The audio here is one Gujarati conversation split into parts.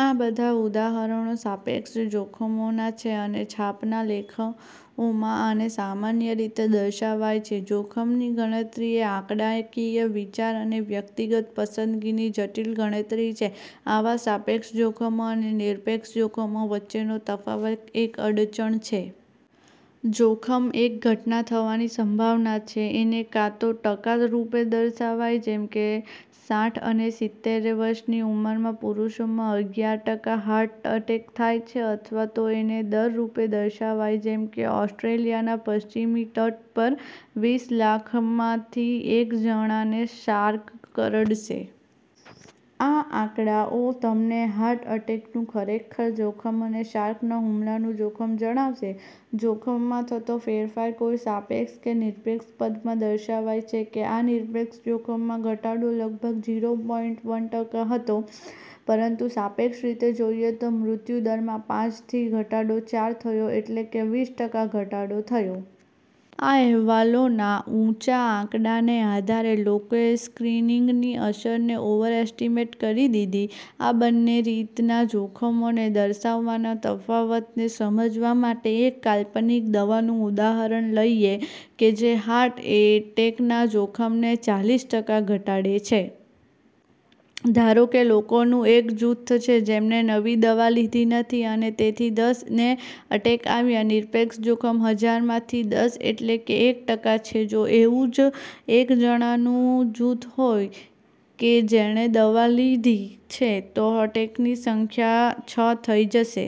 આ બધાં ઉદાહરણો સાપેક્ષ જોખમોનાં છે, અને છાપાનાં લેખોમાં આને સામાન્ય રીતે દર્શાવાય છે. જોખમની ગણતરી એ આંકડાકીય વિચાર અને વ્યક્તિગત પસંદગીની જટિલ ગણતરી છે. આવાં સાપેક્ષ જોખમો અને નિરપેક્ષ જોખમો વચ્ચેનો તફાવત એક અડચણ છે. જોખમ એક ઘટના થવાની સંભાવના છે. એને કાં તો ટકા રૂપે દર્શાવાય-- જેમકે સાઠ અને સિત્તેર વર્ષની ઉંમરના પુરુષોમાં અગિયાર ટકા હાર્ટ અટેક થાય છે. અથવા તો એને દર રૂપે દર્શાવાય- જેમકે ઑસ્ટ્રેલિયાના પશ્ચિમી તટ પર વીસ લાખમાંથી એક જણાને શાર્ક કરડશે. આ આંકડાઓ તમને હાર્ટ અટેકનું ખરેખર જોખમ અને શાર્કના હુમલાનું જોખમ જણાવશે. જોખમમાં થતો ફેરફાર કોઈ સાપેક્ષ કે નિરપેક્ષ પદમાં દર્શાવાય છે. આ નિરપેક્ષ જોખમમાં ઘટાડો લગભગ ઝીરો પોઈન્ટ વન ટકા હતો. પરંતુ સાપેક્ષ રીતે જોઈએ તો મૃત્યુદર માં પાંચ થી ઘટાડો ચાર થયો એટલે કે વીસ ટકા ઘટાડો થયો. આ અહેવાલોના ઉંચા આંકડાને આધારે લોકોએ સ્ક્રીનિંગની અસરને ઓવરએસ્ટિમેટ કરી દીધી. આ બંને રીતના જોખમોને દર્શાવવાના તફાવતને સમજવા માટે એક કાલ્પનિક દવાનું ઉદાહરણ લઈએ કે જે હાર્ટ એટેકના જોખમને ચાલીસ ટકા ઘટાડે છે. ધારો કે લોકોનું એક જૂથ છે, જેમને નવી દવા લીધી નથી અને તેથી દસ ને અટેક આવ્યા. નિરપેક્ષ જોખમ હજાર માં થી દસ એટલે કે એક ટકા છે. જો એવું જ એક જણાનું જૂથ હોય કે જેણે દવા લીધી છે તો અટેકની સંખ્યા છ થઇ જશે.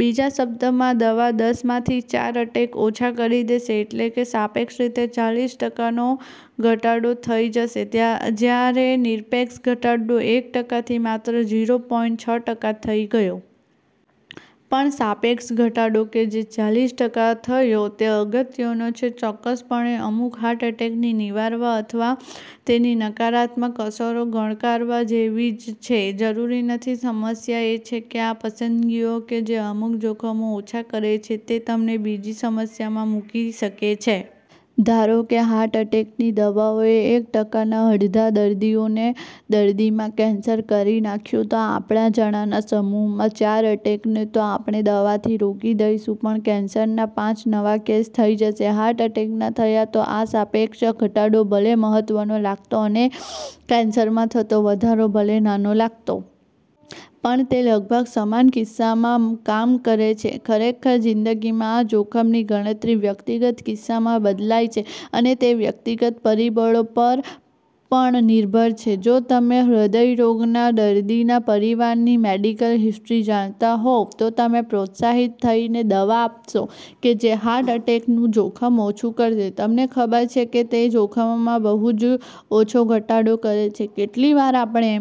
બીજા શબ્દોમાં, દવા દસ માં થી ચાર અટેક ઓછા કરી દેશે; એટલે કે સાપેક્ષ રીતે ચાલીસ ટકા નો ઘટાડો થઇ જશે. જ્યારે, નિરપેક્ષ ઘટાડો એક ટકા થી માત્ર ઝીરો પોઈન્ટ છ ટકા થઇ ગયો. પણ સાપેક્ષ ઘટાડો કે જે ચાલીસ ટકા થયો તે અગત્યનો છે. ચોક્કસપણે અમુક હાર્ટ એટેકને નિવારવા અથવા તેની નકારાત્મક અસરો ગણકારવા જેવી છે? જરૂરી નથી. સમસ્યા એ છે કે આ પસંદગીઓ કે જે અમુક જોખમો ઓછા કરે છે તે તમને બીજી સમસ્યામાં મૂકી શકે છે. ધારોકે હાર્ટ અટેકની દવાઓએ એક ટકા ના અડધાં દર્દીમાં કેન્સર કરી નાખ્યું. તો આપણા જણાનાં સમૂહમાં ચાર એટેકને તો આપણે દવાથી રોકી દઈશું પણ કેન્સરના પાંચ નવા કેસ થઇ જશે. હાર્ટ એટેકમાં થતો આ સાપેક્ષ ઘટાડો ભલે મહત્વનો લાગતો અને કેન્સરમાં થતો વધારો ભલે નાનો લાગતો. પણ તે લગભગ સમાન કિસ્સામાં કામ કરે છે. ખરેખર જિંદગીમાં આ જોખમની ગણતરી વ્યક્તિગત કિસ્સામાં બદલાય છે અને તે વ્યકિગત પરિબળો પર પણ નિર્ભર છે. જો તમે હ્ર્દય રોગના દર્દીના પરિવારની મેડિકલ હિસ્ટ્રી જાણતા હોવ તો તમે પ્રોત્સાહિત થઈને દવા આપશો કે જે હાર્ટ એટેકનું જોખમ ઓછું કરશે, તમને ખબર છે કે તે જોખમમાં બહુ જ ઓછો ઘટાડો કરે છે. કેટલીક વાર, આપણે